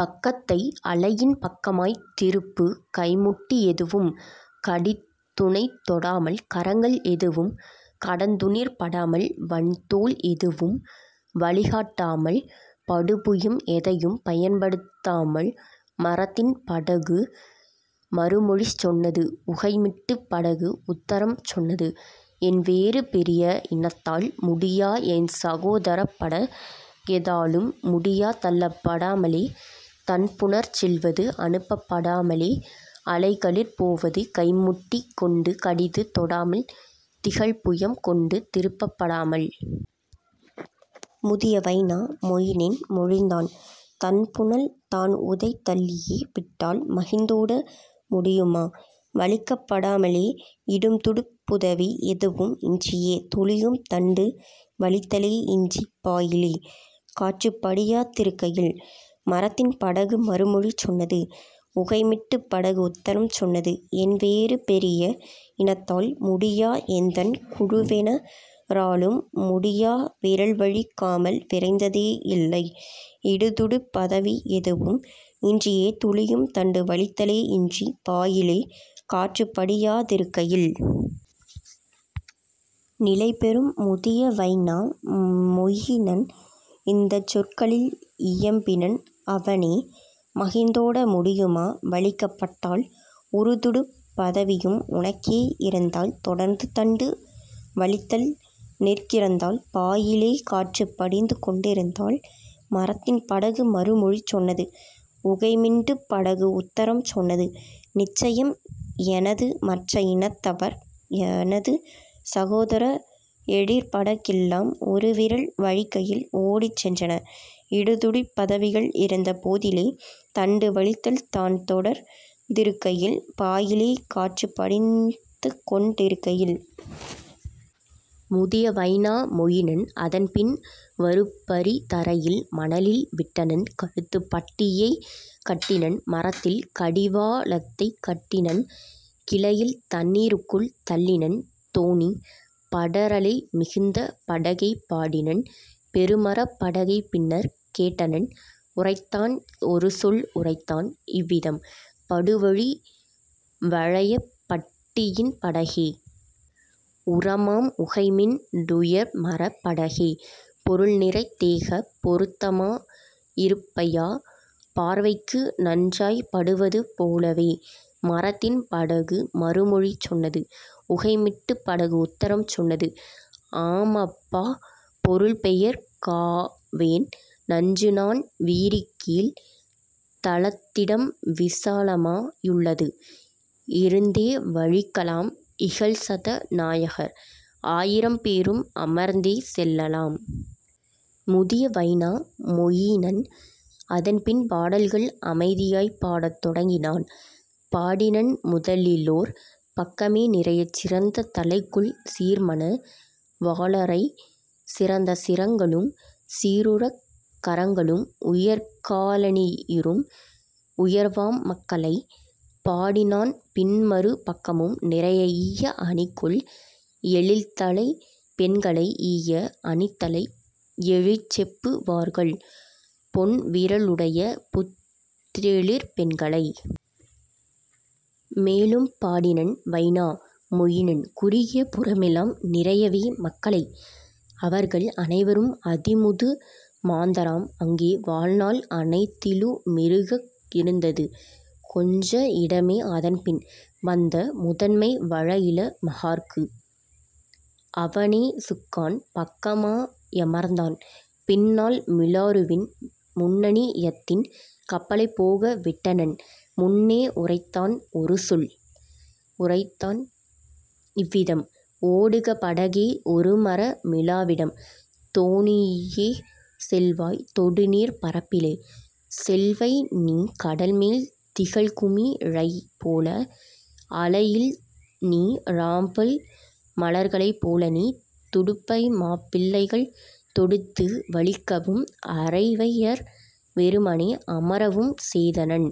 பக்கத்தை அலையின் பக்கமாய் திருப்பு கைமுட்டி எதுவும் கடிதுனைத் தொடாமல் கரங்கள் எதுவும் கடந்துனிற் படாமல் வன்தோள் எதுவும் வழிகாட் டாமல் படுபுயம் எதையும் பயன்படுத் தாமல். " மரத்தின் படகு மறுமொழி சொன்னது உகைமிண்டுப் படகு உத்தரம் சொன்னது: "என்வேறு பெரிய இனத்தால் முடியா என்சகோ தரப்பட கெதாலும் முடியா தள்ளப் படாமலே தண்புனற் செல்வது அனுப்பப் படாமலே அலைகளிற் போவது கைமுட்டி கொண்டு கடிது தொடாமல் திகழ்புயம் கொண்டு திருப்பப் படாமல். " முதிய வைனா மொயினன் மொழிந்தான்: "தண்புனல் நான்உனைத் தள்ளியே விட்டால் மகிழ்ந்தோட முடியுமா வலிக்கப் படாமலே இடும்துடுப் புதவி எதுவும் இன்றியே துளியும் தண்டு வலித்தலே யின்றி பாயிலே காற்றுப் படியா திருக்கையில்? " மரத்தின் படகு மறுமொழி சொன்னது உகைமிண்டுப் படகு உத்தரம் சொன்னது: "என்வேறு பெரிய இனத்தால் முடியா எந்தன் குழுவெவ ராலும் முடியா விரல்வலிக் காமல் விரைந்ததே யில்லை இடுதுடுப் புதவி எதுவும் இன்றியே துளியும் தண்டு வலித்தலே யின்றி பாயிலே காற்றுப் படியா திருக்கையில். " நிலைபெறும் முதிய வைனா மொயினன் இந்தச் சொற்களில் இயம்பினன் அவனே: "மகிழ்ந்தோட முடியுமா வலிக்கப் பட்டால் உறுதுடுப் புதவியும் உனக்கே யிருந்தால் தொடர்ந்து தண்டு வலித்தல் நிற் கிருந்தால் பாயிலே காற்றுப் படிந்துகொண் டிருந்தால்? " மரத்தின் படகு மறுமொழி சொன்னது உகைமிண்டுப் படகு உத்தரம் சொன்னது: "நிச்சயம் எனது மற்ற இனத்தவர் எனது சகோதர எழிற்பட கெல்லாம் உறுவிரல் வலிக்கையில் ஓடிச் சென்றன இடுத்துடுப் புதவிகள் இருந்த போதிலே தண்டு வலித்தல் தான்தொடர்ந் திருக்கையில் பாயிலே காற்றுப் படிந்துகொண் டிருக்கையில். " முதிய வைனா மொயினன் அதன்பின் வருபரி தரையில் மணலில் விட்டனன் கழுத்துப் பட்டியை கட்டினன் மரத்தில் கடிவா ளத்தைக் கட்டினன் கிளையில் தண்ணீ ருக்குள் தள்ளினன் தோணி படரலை மிதந்த படகைப் பாடினன் பெருமரப் படகைப் பின்னர் கேட்டனன் உரைத்தான் ஒருசொல் உரைத்தான் இவ்விதம்: "படுவலி வளையப் பட்டியின் படகே! உரமாம் உகைமிண் டுயர்மரப் படகே! பொருள்நிறைத் தேகப் பொருத்தமா யிருப்பையா பார்வைக்கு நன்றாய்ப் படுவது போலவே? " மரத்தின் படகு மறுமொழி சொன்னது உகைமிண்டுப் படகு உத்தரம் சொன்னது: "ஆமப்பா பொருள்பெயற் காவேன் நன்றுநான் விரிகீழ்த் தளத்திடம் விசாலமா யுள்ளது இருந்தே வலிக்கலாம் இகல்சத நாயகர் ஆயிரம் பேரும் அமர்ந்தே செல்லலாம். " முதிய வைனா மொயினன் அதன்பின் பாடல்கள் அமைதியாய்ப் பாடத் தொடங்கினான், பாடினன் முதலிலோர் பக்கமே நிறைய சிறந்த தலைகொள் சீர்மண வாளரை, சிறந்த சிரங்களும் சீருரக் கரங்களும் உயர்கா லணியுறும் உயர்வாம் மக்களை; பாடினான் பின்மறு பக்கமும் நிறைய ஈய அணிகொள் எழில்தலைப் பெண்களை, ஈய அணித்தலை, எழிற்செப்பு வார்கள், பொன் விரலுடைய புத்தெழிற் பெண்களை. மேலும் பாடினன் வைனா மொயினன் குறுகிய புறமெலாம் நிறையவே மக்களை அவர்கள் அனைவரும் அதிமுது மாந்தராம் அங்கே வாழ்நாள் அனைத்திலு மிருக்க இருந்தது கொஞ்ச இடமே அதன்பின் வந்த முதன்மை வளஇள மகார்க்கு. அவனே சுக்கான் பக்கமா யமர்ந்தான் பின்னால் மிலாறுவின் முன்னணி யத்தின் கப்பலைப் போக விட்டனன் முன்னே உரைத்தான் ஒருசொல் உரைத்தான் இவ்விதம்: "ஓடுக படகே, ஒருமர மிலாவிடம், தோணியே, செல்வாய் தொடுநீர்ப் பரப்பிலே, செல்வைநீ கடல்மேல் திகழ்குமி ழியைப்போல அலையில்நீ ராம்பல் மலர்களைப் போலநீ! " துடுப்பைமாப் பிள்ளைகள் தொடுத்து வலிக்கவும் அரிவையர் வெறுமனே அமரவும் செய்தனன்;